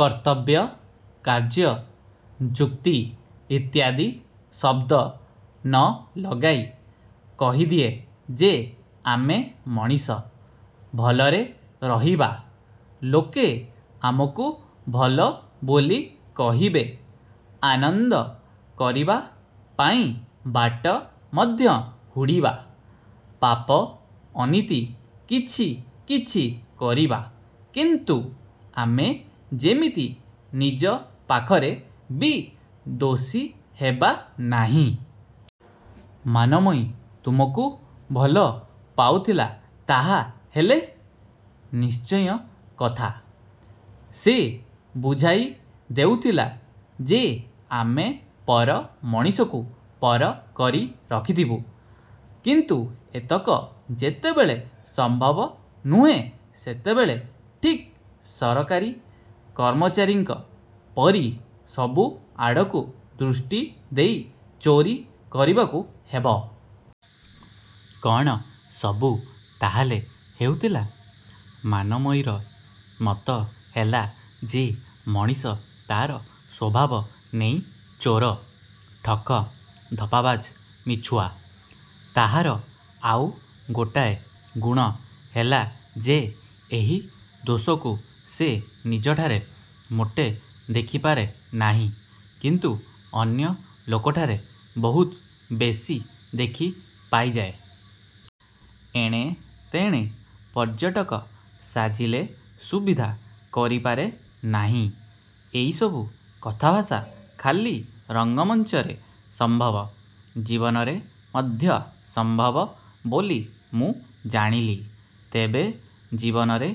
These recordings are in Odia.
କର୍ତ୍ତବ୍ୟ, କାର୍ଯ୍ୟ, ଯୁକ୍ତି ଇତ୍ୟାଦି ଶବ୍ଦ ନ ଲଗାଇ କହିଦିଏ ଯେ ଆମେ ମଣିଷ-ଭଲରେ ରହିବା-ଲୋକେ ଆମକୁ ଭଲ ବୋଲି କହିବେ। ଆନନ୍ଦ କରିବା ପାଇଁ ବାଟ ମଧ୍ୟ ହୁଡ଼ିବା-ପାପ, ଅନୀତି କିଛି କିଛି କରିବା-କିନ୍ତୁ ଆମେ ଯେମିତି ନିଜ ପାଖରେ ବି ଦୋଷୀ ହେବା ନାହିଁ। -ମାନମୟୀ ତୁମକୁ ଭଲ ପାଉଥିଲା ତାହା ହେଲେ? -ନିଶ୍ଚୟ କଥା। ସେ ବୁଝାଇ ଦେଉଥିଲା ଯେ ଆମେ ପର ମଣିଷକୁ ପର କରି ରଖିଥିବୁ। କିନ୍ତୁ ଏତକ ଯେତେବେଳେ ସମ୍ଭବ ନୁହେଁ ସେତେବେଳେ ଠିକ୍ ସରକାରୀ କର୍ମଚାରୀଙ୍କ ପରି ସବୁ ଆଡ଼କୁ ଦୃଷ୍ଟି ଦେଇ ଚୋରି କରିବାକୁ ହେବ। -କ'ଣ ସବୁ ତାହାହେଲେ ହେଉଥିଲା? -ମାନମୟୀର ମତ ହେଲା ଯେ ମଣିଷ ତାର ସ୍ୱଭାବ ନେଇ ଚୋର, ଠକ, ଧପ୍ପାବାଜ, ମିଛୁଆ। ତାହାର ଆଉ ଗୋଟାଏ ଗୁଣ ହେଲା ଯେ ଏହି ଦୋଷକୁ ସେ ନିଜଠାରେ ମୋଟେ ଦେଖିପାରେ ନାହିଁ; କିନ୍ତୁ ଅନ୍ୟ ଲୋକଠାରେ ବହୁତ ବେଶି ଦେଖି ପାଇଯାଏ। ଏଣେ ତେଣେ ପର୍ଯ୍ୟଟକ ସାଜିଲେ ସୁବିଧା କରିପାରେ ନାହିଁ। -ଏଇସବୁ କଥାଭାଷା ଖାଲି ରଙ୍ଗମଞ୍ଚରେ ସମ୍ଭବ। -ଜୀବନରେ ମଧ୍ୟ ସମ୍ଭବ ବୋଲି ମୁଁ ଜାଣିଲି। ତେବେ ଜୀବନରେ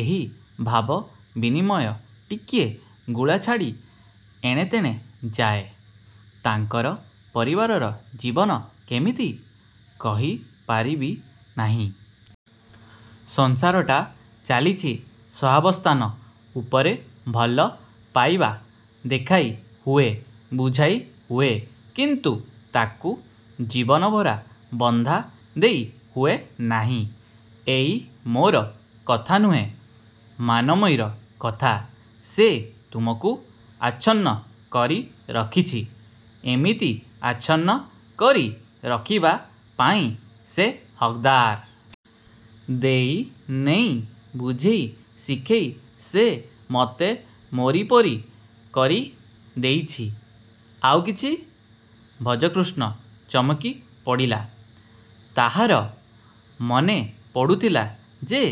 ଏହି ଭାବ ବିନିମୟ ଟିକିଏ ଗୁଳାଛାଡ଼ି ଏଣେତେଣେ ଯାଏ। -ତାଙ୍କର ପରିବାରର ଜୀବନ କେମିତି? -କହି ପାରିବି ନାହିଁ। ସଂସାରଟା ଚାଲିଛି ସହାବସ୍ଥାନ ଉପରେ ଭଲ ପାଇବା ଦେଖାଇ ହୁଏ, ବୁଝାଇ ହୁଏ। କିନ୍ତୁ ତା'କୁ ଜୀବନଭରା ବନ୍ଧା ଦେଇ ହୁଏ ନାହିଁ। ଏଇ ମୋର କଥା ନୁହେଁ-। ମାନମୟୀର କଥା। -ସେ ତୁମକୁ ଆଛନ୍ନ କରି ରଖିଛି। -ଏମିତି ଆଛନ୍ନ କରି ରଖିବା ପାଇଁ ସେ ହକ୍ଦାର। ଦେଇ ନେଇ ବୁଝେଇ ଶିଖେଇ ସେ ମତେ ମୋରିପରି କରି ଦେଇଛି। -ଆଉ କିଛି? ଭଜକୃଷ୍ଣ ଚମକି ପଡ଼ିଲା। ତାହାର ମନେ ପଡ଼ୁଥିଲା ଯେ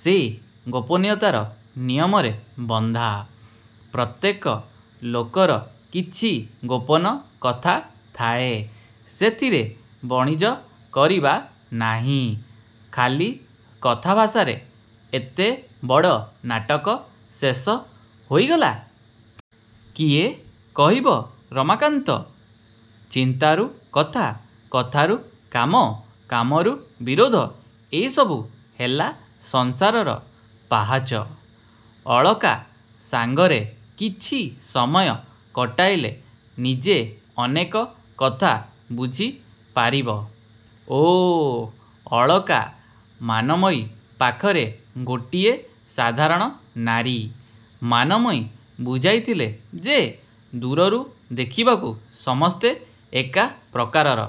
ସେ ଗୋପନୀୟତାର ନିୟମରେ ବନ୍ଧା। ପ୍ରତ୍ୟେକ ଲୋକର କିଛି ଗୋପନ କଥା ଥାଏ। ସେଥିରେ ବଣିଜ କରିବା ନାହିଁ-। -ଖାଲି କଥାଭାଷାରେ ଏତେ ବଡ଼ ନାଟକ ଶେଷ ହୋଇଗଲା? -କିଏ କହିବ ରମାକାନ୍ତ? ଚିନ୍ତାରୁ କଥା-କଥାରୁ କାମ-କାମରୁ ବିରୋଧ-ଏସବୁ ହେଲା ସଂସାରର ପାହାଚ। ଅଳକା ସାଙ୍ଗରେ କିଛି ସମୟ କଟାଇଲେ ନିଜେ ଅନେକ କଥା ବୁଝି ପାରିବ। -ଓଃ, ଅଳକା ମାନମୟୀ ପାଖରେ ଗୋଟିଏ ସାଧାରଣ ନାରୀ। ମାନମୟୀ ବୁଝାଇଥିଲେ ଯେ ଦୂରରୁ ଦେଖିବାକୁ ସମସ୍ତେ ଏକା ପ୍ରକାରର।